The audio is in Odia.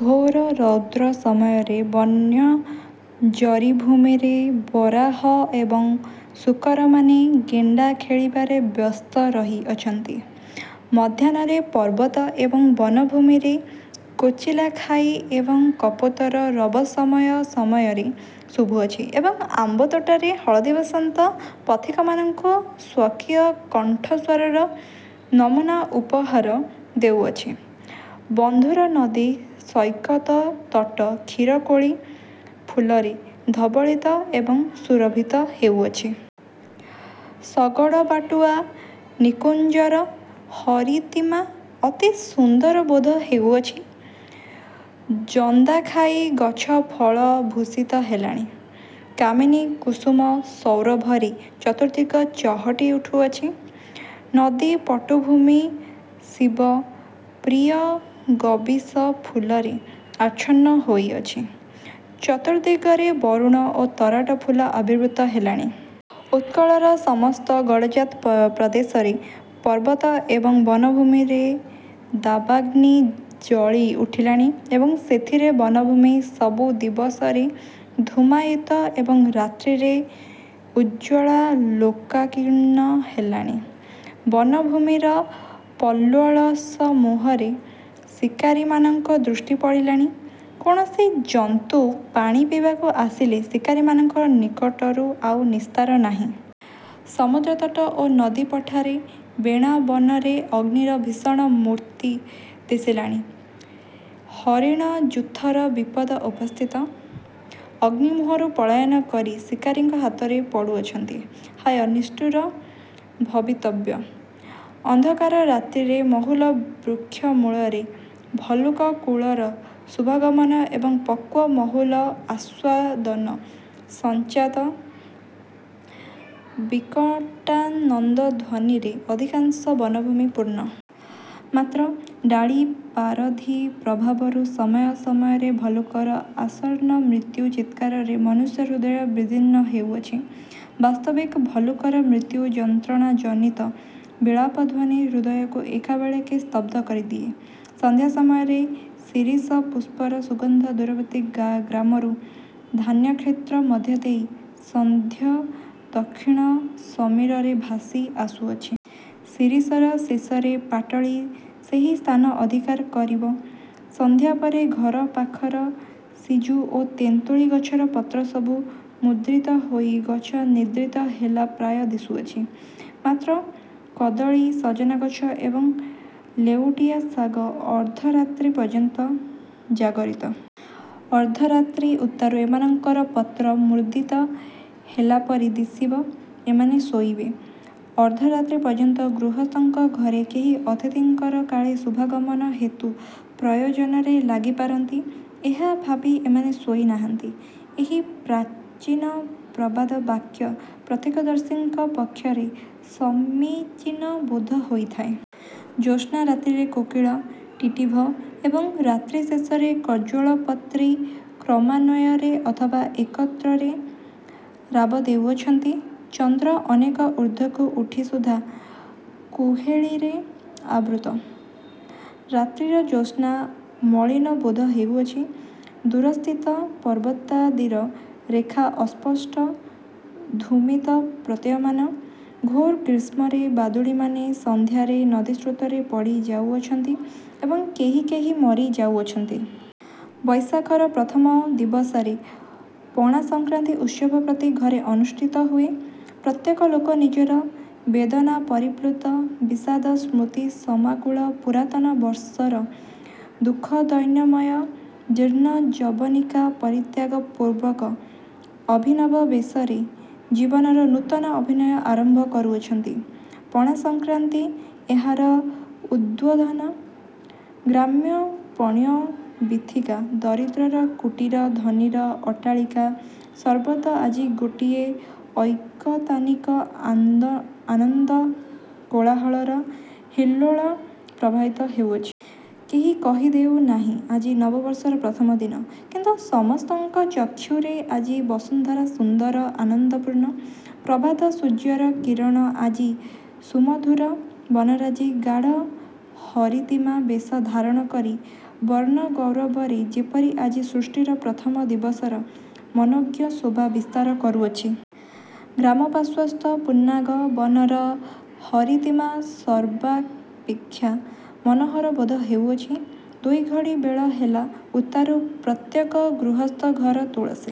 ଘୋର ରୌଦ୍ର ସମୟରେ ବନ୍ୟ ଜରିଭୂମିରେ ବରାହ ଏବଂ ଶୂକରମାନେ ଗେଣ୍ଡା ଖୋଳିବାରେ ବ୍ୟସ୍ତ ରହିଅଛନ୍ତି। ମଧ୍ୟାହ୍ନରେ ପର୍ବତ ଏବଂ ବନଭୂମିରେ କୋଚିଲାଖାଇ ଏବଂ କପୋତର ରବ ସମୟ ସମୟରେ ଶୁଭୁଅଛି ଏବଂ ଆମ୍ବତୋଟାରେ ହଳଦିବସନ୍ତ ପଥିକମାନଙ୍କୁସ୍ୱକୀୟ କଣ୍ଠସ୍ୱରର ନମୂନା ଉପହାର ଦେଉଅଛି। ବନ୍ଧୁର ନଦୀ ସୈକତ ତଟ କ୍ଷୀରକୋଳି ଫୁଲରେ ଧବଳିତ ଏବଂ ସୁରଭିତ ହେଉଅଛି। ଶଗଡ଼ବାଟୁଆ ନିକୁଞ୍ଜର ହରିତିମା ଅତି ସୁନ୍ଦର ବୋଧ ହେଉଅଛି। ଜନ୍ଦାଖାଇ ଗଛ ଫଳ-ଭୂଷିତ ହେଲାଣି। କାମିନୀ କୁସୁମ ସୌରଭରେ ଚତୁର୍ଦିଗ ଚହଟି ଉଠୁଅଛି। ନଦୀ ପଟୁ ଭୂମି ଶିବ ପ୍ରିୟ ଗବୀଶ ଫୁଲରେ ଆଚ୍ଛନ୍ନ ହୋଇଅଛି। ଚତୁର୍ଦିଗରେ ବରୁଣ ଓ ତରାଟ ଫୁଲ ଆବିର୍ଭୂତ ହେଲାଣି। ଉତ୍କଳର ସମସ୍ତ ଗଡ଼ଜାତ ପ୍ର ପ୍ରଦେଶର ପର୍ବତ ଏବଂ ବନଭୂମିରେ ଦାବାଗ୍ନି ଜଳି ଉଠିଲାଣି ଏବଂ ଏଥିରେ ବନଭୂମି ସବୁ ଦିବସରେ ଧୂମାୟିତ ଏବଂ ରାତ୍ରିରେ ଉଜ୍ଜ୍ୱଳାଲୋକାକୀର୍ଣ୍ଣ ହେଲାଣି। ବନଭୂମିର ପଲ୍ୱଳସମୂହରେ ଶିକାରିମାନଙ୍କ ଦୃଷ୍ଟି ପଡ଼ିଲାଣି। କୌଣସି ଜନ୍ତୁ ପାଣି ପିଇବାକୁ ଆସିଲେ ଶିକାରିମାନଙ୍କ ନିକଟରୁ ଆଉ ନିସ୍ତାର ନାହିଁ। ସମୁଦ୍ରତଟ ଓ ନଦୀ-ପଠାରେ ବେଣାବନରେ ଅଗ୍ନିର ଭୀଷଣ ମୁର୍ତ୍ତି ଦିଶିଲାଣି। ହରିଣଯୂଥର ବିପଦ ଉପସ୍ଥିତ। ଅଗ୍ନିମୁହଁରୁ ପଳାୟନ କରି ଶିକାରିଙ୍କ ହାତରେ ପଡ଼ୁଅଛନ୍ତି। ହାୟ, ନିଷ୍ଠୁର ଭବିତବ୍ୟ! ଅନ୍ଧକାର ରାତ୍ରିରେ ମହୁଲ ବୃକ୍ଷ ମୂଳରେ ଭଲ୍ଲୁକକୁଳର ଶୁଭାଗମନ ଏବଂ ପକ୍ୱ ମହୁଲ ଆସ୍ୱାଦନ-ସଞ୍ଜାତ ବିକଟାନନ୍ଦଧ୍ୱନିରେ ଅଧିକାଂଶ ବନଭୂମି ପୂର୍ଣ୍ଣ। ମାତ୍ର ଡାଳି ପାରଧି ପ୍ରଭାବରୁ ସମୟ ସମୟରେ ଭଲ୍ଲୁକର ଆସନ୍ନ ମୃତ୍ୟୁ ଚିତ୍କାରରେ ମନୁଷ୍ୟହୃଦୟ ବିଦୀର୍ଣ୍ଣ ହେଉଅଛି। ବାସ୍ତବିକ ଭଲ୍ଲୁକର ମୃତ୍ୟୁ-ଯନ୍ତ୍ରଣାଜନିତ ବିଳାପଧ୍ୱନି ହୃଦୟକୁ ଏକାବେଳକେ ସ୍ତବ୍ଧ କରିଦିଏ। ସନ୍ଧ୍ୟା ସମୟରେ ଶିରୀଷ ପୁଷ୍ପର ସୁଗନ୍ଧ ଦୂରବର୍ତ୍ତୀ ଗ୍ରାମରୁ ଧାନ୍ୟକ୍ଷେତ୍ର ମଧ୍ୟ ଦେଇ ସାନ୍ଧ୍ୟଦକ୍ଷିଣ ସମୀରରେ ଭାସି ଆସୁଅଛି। ଶିରୀଷର ଶେଷରେ ପାଟଳୀ ସେହି ସ୍ଥାନ ଅଧିକାର କରିବ। ସନ୍ଧ୍ୟା ପରେ ଘର ପାଖର ସିଜୁ ଓ ତେନ୍ତୁଳି ଗଛର ପତ୍ର ସବୁ ମୁଦ୍ରିତ ହୋଇ ଗଛ ନିଦ୍ରିତ ହେଲା ପ୍ରାୟ ଦିଶୁଅଛି। ମାତ୍ର କଦଳୀ, ସଜନା ଗଛ ଏବଂ ଲେଉଟିଆ ଶାଗ ଅର୍ଦ୍ଧରାତ୍ରି ପର୍ଯ୍ୟନ୍ତ ଜାଗରିତ। ଅର୍ଦ୍ଧରାତ୍ରି ଉତ୍ତାରୁ ଏମାନଙ୍କର ପତ୍ର ମୁଦ୍ରିତ ହେଲା ପରି ଦିଶିବ ଏମାନେ ଶୋଇବେ। ଅର୍ଦ୍ଧରାତ୍ରି ପର୍ଯ୍ୟନ୍ତ ଗୃହସ୍ଥଙ୍କ ଘରେ କେହି ଅତିଥିଙ୍କର କାଳେ ଶୁଭାଗମନ ହେତୁ ପ୍ରୟୋଜନରେ ଲାଗି ପାରନ୍ତି, ଏହା ଭାବି ଏମାନେ ଶୋଇ ନାହାନ୍ତି ଏହି ପ୍ରାଚୀନ ପ୍ରବାଦ ବାକ୍ୟ ପ୍ରତ୍ୟକ୍ଷଦର୍ଶୀଙ୍କ ପକ୍ଷରେ ସମୀଚୀନ ବୋଧ ହୋଇଥାଏ। ଜ୍ୟୋତ୍ସ୍ନା-ରାତ୍ରିରେ କୋକିଳ, ଟିଟ୍ଟିଭ ଏବଂ ରାତ୍ରିଶେଷରେ କଜ୍ଜଳପତ୍ରୀ କ୍ରମାନ୍ୱୟରେ ଅଥବା ଏକତ୍ରରେ ରାବ ଦେଉଅଛନ୍ତି। ଚନ୍ଦ୍ର ଅନେକ ଊର୍ଦ୍ଧ୍ୱକୁ ଉଠି ସୁଦ୍ଧା କୁହେଳୀରେ ଆବୃତ। ରାତ୍ରିର ଜ୍ୟୋତ୍ସ୍ନା ମଳିନ ବୋଧ ହେଉଅଛି। ଦୂରସ୍ଥିତ ପର୍ବତାଦିର ରେଖା ଅସ୍ପଷ୍ଟ ଧୂମିତ ପ୍ରତୀୟମାନ। ଘୋର ଗ୍ରୀଷ୍ମରେ ବାଦୁଡ଼ିମାନେ ସନ୍ଧ୍ୟାରେ ନଦୀସ୍ରୋତରେ ପଡ଼ି ଯାଉଅଛନ୍ତି ଏବଂ କେହି କେହି ମରି ଯାଉଅଛନ୍ତି। ବୈଶାଖର ପ୍ରଥମ ଦିବସରେ ପଣାସଂକ୍ରାନ୍ତି ଉତ୍ସବ ପ୍ରତି ଘରେ ଅନୁଷ୍ଠିତ ହୁଏ। ପ୍ରତ୍ୟେକ ଲୋକ ନିଜର ବେଦନାପରିପ୍ଳୁତ ବିଷାଦସ୍ମୃତିସମାକୁଳ ପୁରାତନ ବର୍ଷର ଦୁଃଖଦୈନ୍ୟମୟ ଜୀର୍ଣ୍ଣ ଯବନିକା ପରିତ୍ୟାଗପୂର୍ବକ ଅଭିନବ ବେଶରେ ଜୀବନର ନୂତନ ଅଭିନୟ ଆରମ୍ଭ କରୁଅଛନ୍ତି। ପଣାସଂକ୍ରାନ୍ତି ଏହାର ଉଦ୍ବୋଧନ। ଗ୍ରାମ୍ୟ ପଣ୍ୟବୀଥିକା, ଦରିଦ୍ରର କୁଟୀର ଧନିର ଅଟ୍ଟାଳିକା ସର୍ବତ୍ର ଆଜି ଗୋଟିଏ ଐକତାନିକ ଆନନ୍ଦ ଆନନ୍ଦକୋଳାହଳର ହିଲ୍ଲୋଳ ପ୍ରବାହିତ ହେଉଅଛି। କେହି କହି ଦେଉ ନାହିଁ, ଆଜି ନବବର୍ଷର ପ୍ରଥମ ଦିନ। କିନ୍ତୁ ସମସ୍ତଙ୍କ ଚକ୍ଷୁରେ ଆଜି ବସୁନ୍ଧରା ସୁନ୍ଦର ଆନନ୍ଦପୂର୍ଣ୍ଣ। ପ୍ରଭାତ ସୂର୍ଯ୍ୟର କିରଣ ଆଜି ସୁମଧୁର ବନରାଜି ଗାଢ଼ ହରିତିମା ବେଶ ଧାରଣ କରି ବର୍ଣ୍ଣଗୌରବରେ ଯେପରି ଆଜି ସୃଷ୍ଟିର ପ୍ରଥମ ଦିବସର ମନୋଜ୍ଞ ଶୋଭା ବିସ୍ତାର କରୁଅଛି। ଗ୍ରାମପାର୍ଶ୍ୱସ୍ଥ ପୁନ୍ନାଗ ବନର ହରିତିମା ସର୍ବାପେକ୍ଷା ମନୋହର ବୋଧ ହେଉଅଛି। ଦୁଇଘଡ଼ି ବେଳ ହେଲା ଉତ୍ତାରୁ ପ୍ରତ୍ୟେକ ଗୃହସ୍ଥ ଘର ତୁଳସୀ |